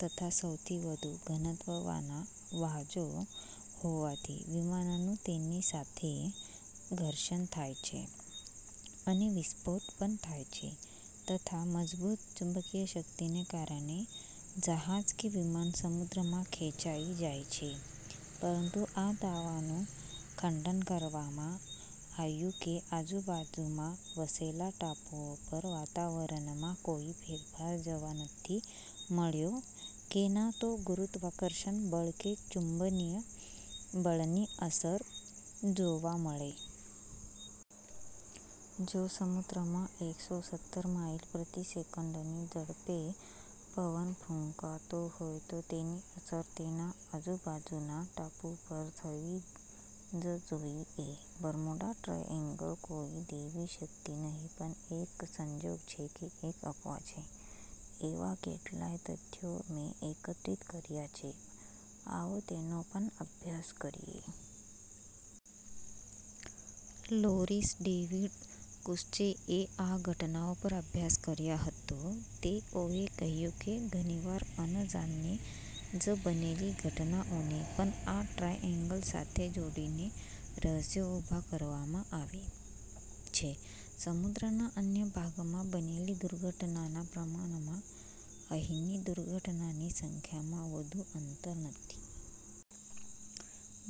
તથા સૌથી વધુ ઘનત્વવાળા વાદળો હોવાથી વિમાનનુ તેની સાથે ઘર્ષણ થાય છે અને વિસ્ફોટ પણ થાય છે તથા મજબુત ચુંબકિય શક્તિને કારણે જહાજ કે વિમાન સમુદ્રમાં ખેચાઇ જાય છે. પરંતુ આ દાવાનુ ખંડન કરવામાં આવ્યુ કેમ કે આજુબાજુમાં વસેલા ટાપુઓ પર વાતાવરણમાં કોઇ ફેરફાર જોવા નથી મળ્યો કે ના તો ગુરુત્વાકર્ષણ બળ કે ચુંબકિય બળની અસર જોવા મળે. જો સમુદ્રમાં એકસો સિત્તેર માઇલ પ્રતિ સેકન્ડની ઝડપે પવન ફુંકાતો હોય તો તેની અસર તેના આજુબાજુના ટાપુ પર થવી જ જોઇએ. બર્મુડા ટ્રાયેન્ગલ કોઇ દેવી શક્તિ નહિ પણ એક સંજોગ છે કે એક અફવા છે એવા કેટલાય તથ્યો મે એકત્રિત કર્યા છે, આવો તેનો પણ અભ્યાસ કરીએ. લોરિસ ડેવિડ કુસ્ચે એ આ ઘટનાઓ પર અભ્યાસ કર્યો હતો. તેઓએ કહ્યુ કે, ઘણીવાર અજાણ્યે જ બનેલી ઘટનાઓને પણ આ ટ્રાયેન્ગલ સાથે જોડીને રહસ્યો ઉભા કરવામાં આવે છે. સમુદ્રના અન્ય ભાગમા બનેલ દુર્ઘટનાના પ્રમાણમાં અહિની દુર્ઘટનાની સંખ્યામાં વધુ અંતર નથી.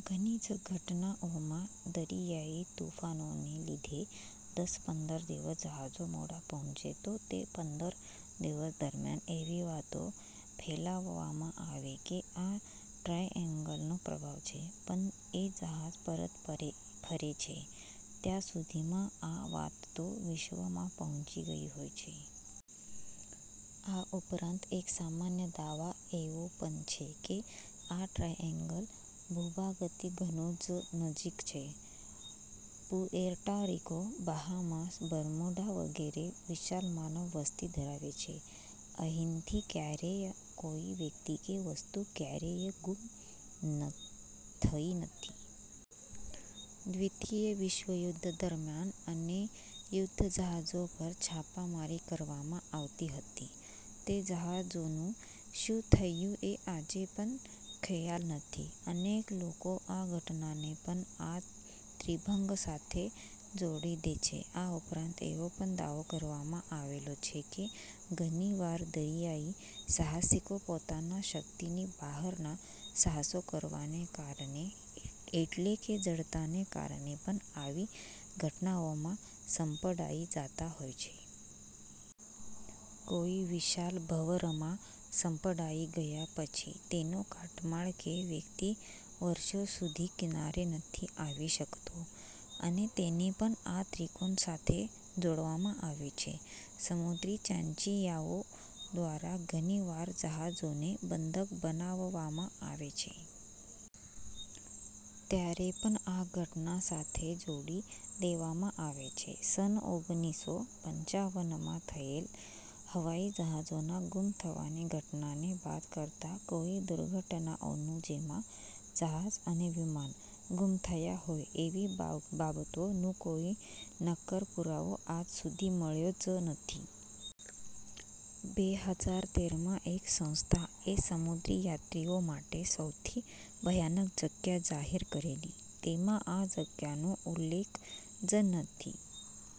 ઘણી જ ઘટનાઓમાં દરીયાઇ તોફાનોને લીધે દસ પંદર દિવસ જહાજો મોડા પહોચે તો, તે પંદર દિવસ દરમ્યાન એવી વાતો ફેલાવવામાં આવે કે આ ટ્રાયેન્ગલનો પ્રભાવ છે પણ એ જહાજ પરત ફરે છે. ત્યા સુધીમાં આ વાત તો વિશ્વમાં પહોચી ગઇ હોય છે. આ ઉપરાંત એક સામાન્ય દાવો એવો પણ છે કે, આ ટ્રાયેન્ગલ ભુભાગથી ઘણો જ નજીક છે. પુએર્ટો રિકો, બહામાસ, બર્મુડા વગેરે વિશાળ માનવવસ્તી ધરાવે છે. અહિથી ક્યારેય કોઇ વ્યક્તિ કે વસ્તુ ક્યારેય ગુમ થઈ નથી. દ્રિતિય વિશ્વયુધ્ધ દરમ્યાન અને યુધ્ધ જહાજો પર છાપામારી કરવામાં આવતી હતી. તે જહાજોનુ શુ થયુ એ આજે પણ ખ્યાલ નથી. અનેક લોકો આ ઘટનાને પણ આ ત્રિભંગ સાથે જોડી દે છે. આ ઉપરાંત એવો પણ દાવો કરવામાં આવેલો છે કે, ઘણી વખત દરીયાઇ સાહસિકો પોતાના શક્તિ બહારના સાહસો કરવાને કારણે એટલે કે જડતાને કારણે પણ આવી ઘટનાઓમાં સંપડાઇ જતા હોય છે. કોઇ વિશાળ ભમરીઓમાં સંપડાઇ ગયા પછી તેનો કાટમાળ કે વ્યક્તિ વર્ષો સુધી કિનારે નથી આવી શક્તો અને તેને પણ આ ત્રિકોણ સાથે જોડવામાં આવે છે. સમુદ્રી ચાંચીયાઓ દ્વારા ઘણી વખત જહાજોને બંધક બનાવવામાં આવે છે. ત્યારે પણ આ ઘટના સાથે જોડી દેવામાં આવે છે. સન ઓગણીસો પંચાવનમાં થયેલ હવાઇ જહાજોના ગુમ થવાની ઘટના ને બાદ કરતા કોઇ દુર્ઘટનાઓનુ જેમા જહાજ અને વિમાન ગુમ થયા હોય તેવી બાબતોનુ કોઇ નક્કર પુરાવો આજ સુધી મળ્યો જ નથી. બે હજાર તેરમાં એક સંસ્થા એ સમુદ્રીયાત્રીઓ માટે સૌથી ભયાનક જગ્યા જાહેર કરેલી તેમાં આ જગ્યાનો ઉલ્લેખન નથી.